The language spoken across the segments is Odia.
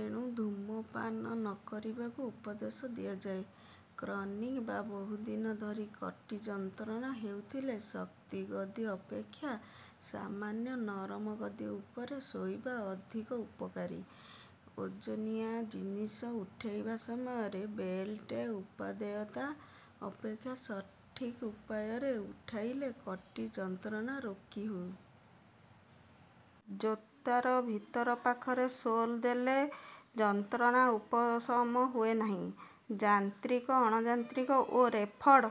ଏଣୁ ଧୂମପାନ ନ କରିବାକୁ ଉପଦେଶ ଦିଆଯାଏ। କ୍ରନିକ୍ ବା ବହୁଦିନ ଧରି କଟି ଯନ୍ତ୍ରଣା ହୋଇଥିଲେ ଶକ୍ତ ଗଦି ଅପେକ୍ଷା ସାମାନ୍ୟ ନରମ ଗଦି ଉପରେ ଶୋଇବା ଅଧିକ ଉପକାରୀ। ଓଜନିଆ ଜିନିଷ ଉଠାଇବା ସମୟରେ ବେଲ୍ଟର ଉପାଦେୟତା ଅପେକ୍ଷା ସଠିକ୍ ଉପାୟରେ ଉଠାଇଲେ କଟି ଯନ୍ତ୍ରଣା ରୋକି। ଜୋତାର ଭିତର ପାଖରେ ସୋଲ୍ ଦେଲେ ଯନ୍ତ୍ରଣା ଉପଶମ ହୁଏ ନାହିଁ। ଯାନ୍ତ୍ରିକ, ଅଣଯାନ୍ତ୍ରିକ ଓ ରେଫର୍ଡ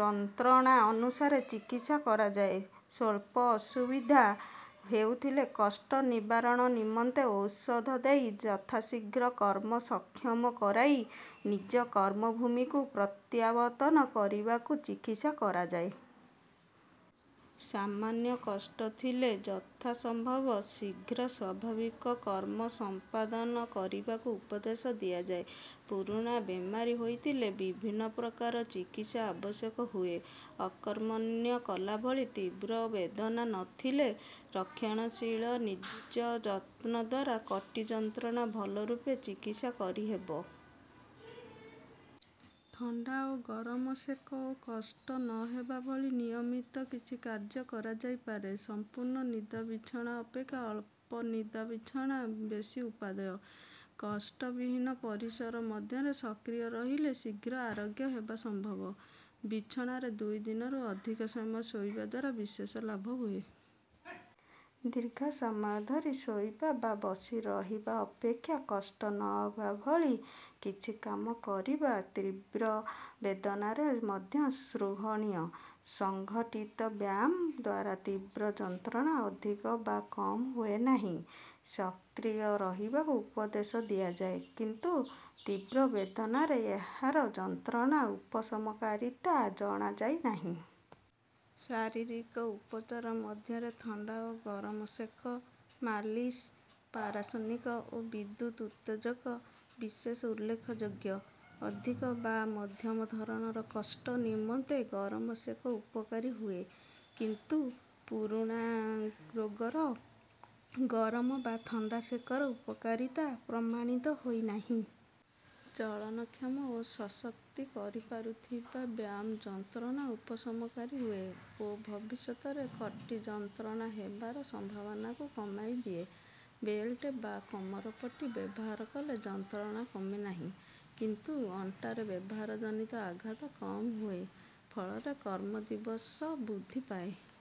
ଯନ୍ତ୍ରଣା ଅନୁସାରେ ଚିକିତ୍ସା କରାଯାଏ। ସ୍ୱଳ୍ପ ଅସୁବିଧା ହେଉଥିଲେ କଷ୍ଟ ନିବାରଣ ନିମନ୍ତେ ଔଷଧ ଦେଇ ଯଥାଶୀଘ୍ର କର୍ମ ସକ୍ଷମ କରାଇ ନିଜ କର୍ମଭୂମିକୁ ପ୍ରତ୍ୟାବର୍ତ୍ତନ କରାଇବାକୁ ଚିକିତ୍ସା କରାଯାଏ। ସାମାନ୍ୟ କଷ୍ଟ ଥିଲେ ଯଥା ସମ୍ଭବ ଶୀଘ୍ର ସ୍ୱାଭାବିକ କର୍ମ ସମ୍ପାଦନ କରିବାକୁ ଉପଦେଶ ଦିଆଯାଏ। ପୁରୁଣା ବେମାରୀ ହୋଇଥିଲେ ବିଭିନ୍ନ ପ୍ରକାର ଚିକିତ୍ସା ଆବଶ୍ୟକ ହୁଏ। ଅକର୍ମଣ୍ୟ କଲା ଭଳି ତୀବ୍ର ବେଦନା ନ ଥିଲେ ରକ୍ଷଣଶୀଳ ନିଜ ଯତ୍ନ ଦ୍ୱାରା କଟି ଯନ୍ତ୍ରଣା ଭଲ ରୂପେ ଚିକିତ୍ସା କରି ହେବ। ଥଣ୍ଡା ଓ ଗରମ ସେକ ଓ କଷ୍ଟ ନ ହେବା ଭଳି ନିୟମିତ କିଛି କାର୍ଯ୍ୟ କରାଯାଇପାରେ। ସମ୍ପୂର୍ଣ୍ଣ ନିଦା ବିଛଣା ଅପେକ୍ଷା ଅଳ୍ପ ନିଦା ବିଛଣା ବେଶୀ ଉପାଦେୟ। କଷ୍ଟ ବିହୀନ ପରିସର ମଧ୍ୟରେ ସକ୍ରିୟ ରହିଲେ ଶୀଘ୍ର ଆରୋଗ୍ୟ ହେବା ସମ୍ଭବ। ବିଛଣାରେ ଦୁଇ ଦିନରୁ ଅଧିକ ସମୟ ଶୋଇବା ଦ୍ୱାରା ବିଶେଷ ଲାଭ ହୁଏ। ଦୀର୍ଘ ସମୟ ଧରି ଶୋଇବା ବା ବସି ରହିବା ଅପେକ୍ଷା କଷ୍ଟ ନ ହେବା ଭଳି କିଛି କାମ କରିବା ତୀବ୍ର ବେଦନାରେ ମଧ୍ୟ ସ୍ପୃହଣୀୟ। ସଂଗଠିତ ବ୍ୟାୟାମ ଦ୍ୱାରା ତୀବ୍ର ଯନ୍ତ୍ରଣା ଅଧିକ ବା କମ୍ ହୁଏ ନାହିଁ। ସକ୍ରିୟ ରହିବାକୁ ଉପଦେଶ ଦିଆଯାଏ କିନ୍ତୁ ତୀବ୍ର ବେଦନାରେ ଏହାର ଯନ୍ତ୍ରଣା ଉପଶମକାରୀତା ଜଣାଯାଇ ନାହିଁ। ଶାରୀରିକ ଉପଚାର ମଧ୍ୟରେ ଥଣ୍ଡା ଓ ଗରମ ସେକ, ମାଲିସ୍, ପାରସ୍ୱନିକ ଓ ବିଦ୍ୟୁତ୍ ଉତ୍ତେଜକ ବିଶେଷ ଉଲ୍ଲେଖଯୋଗ୍ୟ। ଅଧିକ ବା ମଧ୍ୟମ ଧରଣର କଷ୍ଟ ନିମନ୍ତେ ଗରମ ସେକ ଉପକାରୀ ହୁଏ, କିନ୍ତୁ ପୁରୁଣା ରୋଗରେ ଗରମ ବା ଥଣ୍ଡା ସେକର ଉପକାରୀତା ପ୍ରମାଣିତ ହୋଇ ନାହିଁ। ଚଳନକ୍ଷମ ଓ ସଶକ୍ତ କରିପାରୁଥିବା ବ୍ୟାୟାମ ଯନ୍ତ୍ରଣା ଉପଶମକାରୀ ହୁଏ ଓ ଭବିଷ୍ୟତରେ କଟି ଯନ୍ତ୍ରଣା ହେବାର ସମ୍ଭାବନାକୁ କମାଇ ଦିଏ। ବେଲ୍ଟ ବା କମରପଟି ବ୍ୟବହାର କଲେ ଯନ୍ତ୍ରଣା କମେ ନାହିଁ କିନ୍ତୁ ଅଣ୍ଟାରେ ବ୍ୟବହାର ଜନିତ ଆଘାତ କମ୍ ହୁଏ, ଫଳରେ କର୍ମ ଦିବସ ବୃଦ୍ଧି ପାଏ।